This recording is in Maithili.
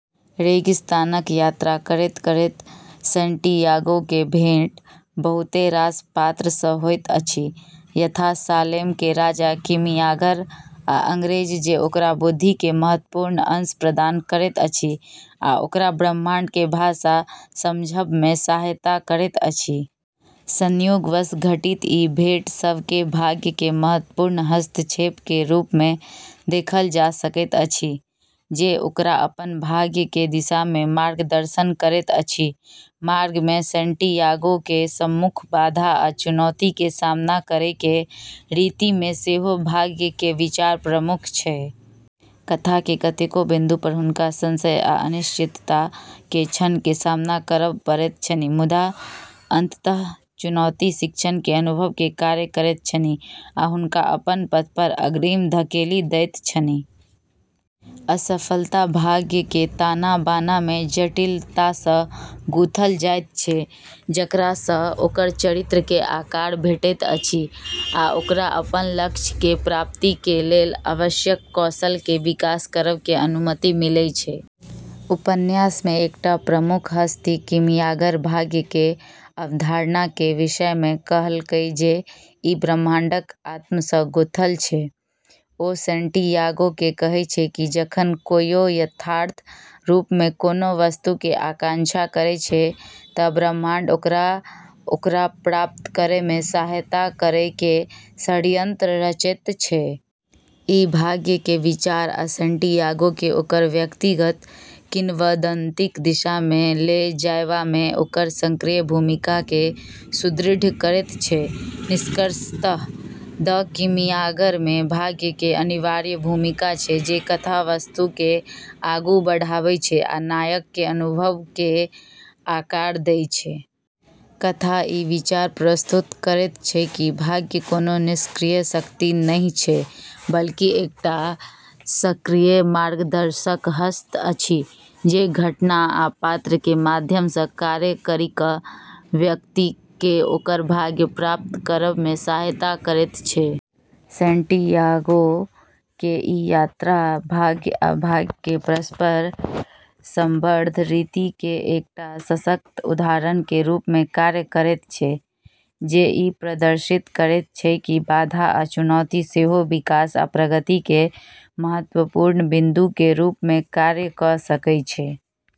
रेगिस्तानक यात्रा करैत-करैत सैंटियागो के भेंट बहुते रास पात्र सँ होइत अछि, यथा सालेम के राजा, कीमियागर, आ अंग्रेज, जे ओकरा बुद्धि के महत्त्वपूर्ण अंश प्रदान करैत अछि आ ओकरा ब्रह्मांड के भाषा समझब में सहायता करैत अछि। संयोगवश घटित ई भेंट सभ केँ भाग्य के महत्त्वपूर्ण हस्तक्षेप के रूप में देखल जा सकैत अछि, जे ओकरा अपन भाग्य के दिशा में मार्गदर्शन करैत अछि। मार्ग में सैंटियागो के सम्मुख बाधा आ चुनौती के सामना करै के रीति में सेहो भाग्य के विचार प्रमुख छै। कथा के कतेकौ बिंदु पर हुनका संशय आ अनिश्चितता के क्षण के सामना करब पड़ैत छनि, मुदा अंततः चुनौती शिक्षण के अनुभव के कार्य करैत छनि आ हुनका अपन पथ पर अग्रिम धकेलि दैत छनि। असफलता भाग्य के ताना-बाना में जटिलता सँ गूँथल जाइत छै, जकरा सँ ओकर चरित्र के आकार भेटैत अछि आ ओकरा अपन लक्ष्य के प्राप्ति के लेल आवश्यक कौशल के विकास करब के अनुमति मिलै छै। उपन्यास के एकटा प्रमुख हस्ती कीमियागर भाग्य के अवधारणा के विषय मे कहलकै जे ई ब्रह्मांडक आत्मासँ गुंथल छै। ओ सैंटियागोकेँ कहै छै कि जखन कोयो यथार्थ रूप में कोनो वस्तु के आकांक्षा करै छै तँ ब्रह्मांड ओकरा ओकरा प्राप्त करयमे सहायता करयके षड्यंत्र रचैत छै। ई भाग्य के विचार आ सैंटियागो के ओकर व्यक्तिगत किंवदंतीक दिशामे ले जयबामे ओकर सक्रिय भूमिकाकेँ सुदृढ़ करैत छै। निष्कर्षतः "द कीमियागर" में भाग्य के अनिवार्य भूमिका छै, जे कथा वस्तु के आगू बढ़ाबै छै आ नायक के अनुभव के आकार दै छै। कथा ई विचार प्रस्तुत करैत छै कि भाग्य कोनो निष्क्रिय शक्ति नहि छै, बल्कि एकटा सक्रिय मार्गदर्शक हस्त अछि, जे घटना आ पात्र के माध्यम सँ कार्य करि कऽ व्यक्ति के ओकर भाग्य प्राप्त करब में सहायता करैत छै। सैंटियागो के ई यात्रा भाग्य आ भाग्य के परस्पर संबद्ध रीति के एकटा सशक्त उदाहरण के रूप में कार्य करैत छै, जे ई प्रदर्शित करैत छै कि बाधा आ चुनौती सेहो विकास आ प्रगति के महत्त्वपूर्ण बिंदु के रूप मे कार्य कऽ सकै छै।